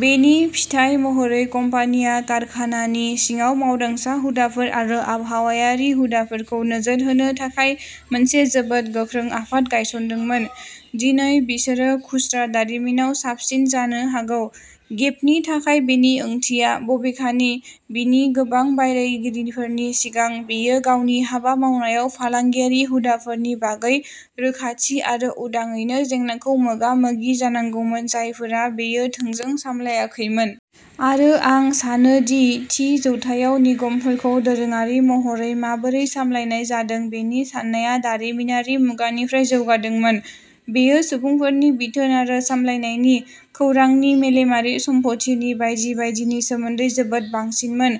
बेनि फिथाय महरै, कम्पानिया कारखानानि सिङाव मावदांसा हुदाफोर आरो आबहावायारि हुदाफोरखौ नोजोर होनो थाखाय मोनसे जोबोद गोख्रों आफाद गायसनदोंमोन। दिनै, बिसोरो खुस्रा दारिमिनाव साबसिन जानो हागौ। गेपनि थाखाय बेनि ओंथिया, बबेखानि, बिनि गोबां बादायगिरिफोरनि सिगां, बेयो गावनि हाबा मावनायाव फालांगियारि हुदाफोरनि बागै रोखाथि आरो उदाङैनि जेंनाखौ मोगा-मोगि जानांगौमोन-जायफोरा बेयो थोंजों सामलायाखैमोन। आरो आं सानो दि थि जौथायाव निगमफोरखौ दोरोङारि महरै माबोरै सामलायनाय जादों बेनि साननाया दारिमिनारि मुगानिफ्राय जौगादोंमोन। बेयो सुबुंफोरनि बिथोन आरो सामलायनायनि, खौरांनि, मेलेमारि सम्पथिनि बायदि बायदिनि सोमोन्दै जोबोद बांसिनमोन।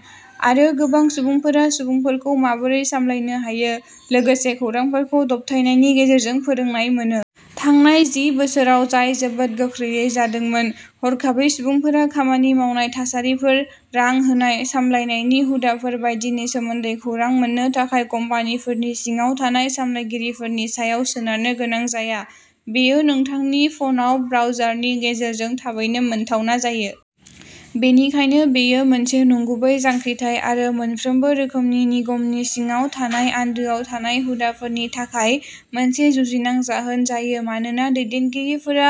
आरो गोबां सुबुंफोरा सुबुंफोरखौ माबोरै सामलायनो हायो, लोगोसे खौरांफोरखौ दबथायनायनि गेजेरजों फोरोंनाय मोनो। थांनाय जि बोसोराव जाय जोबोद गोख्रैयै जादोंमोन। हरखाबै, सुबुंफोरा खामानि मावनाय थासारिफोर, रां होनाय, सामलायनायनि हुदाफोर बायदिनि सोमोन्दै खौरां मोननो थाखाय कम्पानिफोरनि सिङाव थानाय सामलायगिरिफोरनि सायाव सोनारनो गोनां जाया। बेयो नोंथांनि फनाव ब्राउजारनि गेजेरजों थाबैनो मोनथावना जायो। बेनिखायनो बेयो मोनसे नंगुबै जांख्रिथाय आरो मोनफ्रोमबो रोखोमनि निगमनि सिङाव थानाय आन्दोआव थानाय हुदाफोरनि थाखाय मोनसे जुजिनां जाहोन जायो मानोना दैदेनगिरिफोरा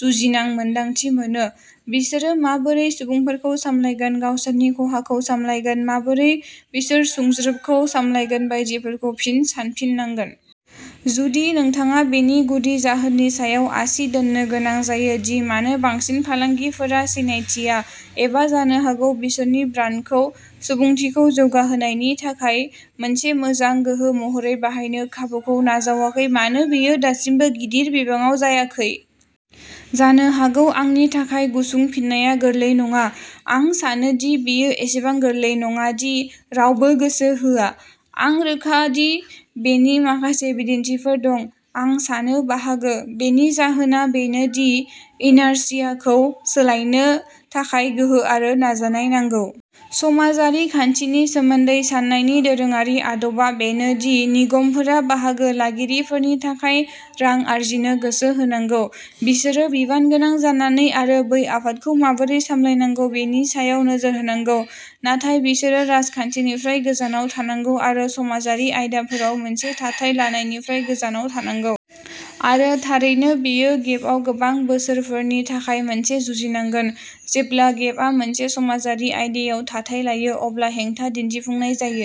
जुजिनां मोन्दांथि मोनो। बिसोरो माबोरै सुबुंफोरखौ सामलायगोन, गावसोरनि खहाखौ सामलायगोन, माबोरै बिसोर सुंज्रोबखौ सामलायगोन बायदिफोरखौ फिन सानफिननांगोन। जुदि नोंथाङा बेनि गुदि जाहोननि सायाव आसि दोन्नो गोनां जायो दि मानो बांसिन फालांगिफोरा सिनायथिया, एबा जानो हागौ बिसोरनि ब्रान्डखौ "सुबुंथिखौ जौगाहोनाय" नि थाखाय मोनसे मोजां गोहो महरै बाहायनो खाबुखौ नाजावाखै-मानो बेयो दासिमबो गिदिर बिबाङाव जायाखै? जानो हागौ आंनि थाखाय गुसुं फिननाया गोरलै नङा। आं सानो दि बेयो एसेबां गोरलै नङा दि "रावबो गोसो होआ"। आं रोखा दि बेनि माखासे बिदिन्थिफोर दं। आं सानो बाहागो। बेनि जाहोना बेनो दि इनार्शियाखौ सोलायनो थाखाय गोहो आरो नाजानाय नांगौ। समाजारि खान्थिनि सोमोन्दै साननायनि दोरोङारि आदबा बेनो दि निगमफोरा बाहागो लागिरिफोरनि थाखाय रां आर्जिनो गोसो होनांगौ। बिसोरो बिबानगोनां जानानै आरो बै आफादखौ माबोरै सामलायनांगौ बेनि सायाव नोजोर होनांगौ। नाथाय बिसोरो राजखान्थिनिफ्राय गोजानाव थानांगौ आरो समाजारि आयदाफोराव मोनसे थाथाय लानायनिफ्राय गोजानाव थानांगौ। आरो, थारैनो, बेयो गेपआव गोबां बोसोरफोरनि थाखाय मोनसे जुजिनांमोन। जेब्लानो गेपआ मोनसे समाजारि आयदायाव थाथाय लायो, अब्ला हेंथा दिन्थिफुंनाय जायो।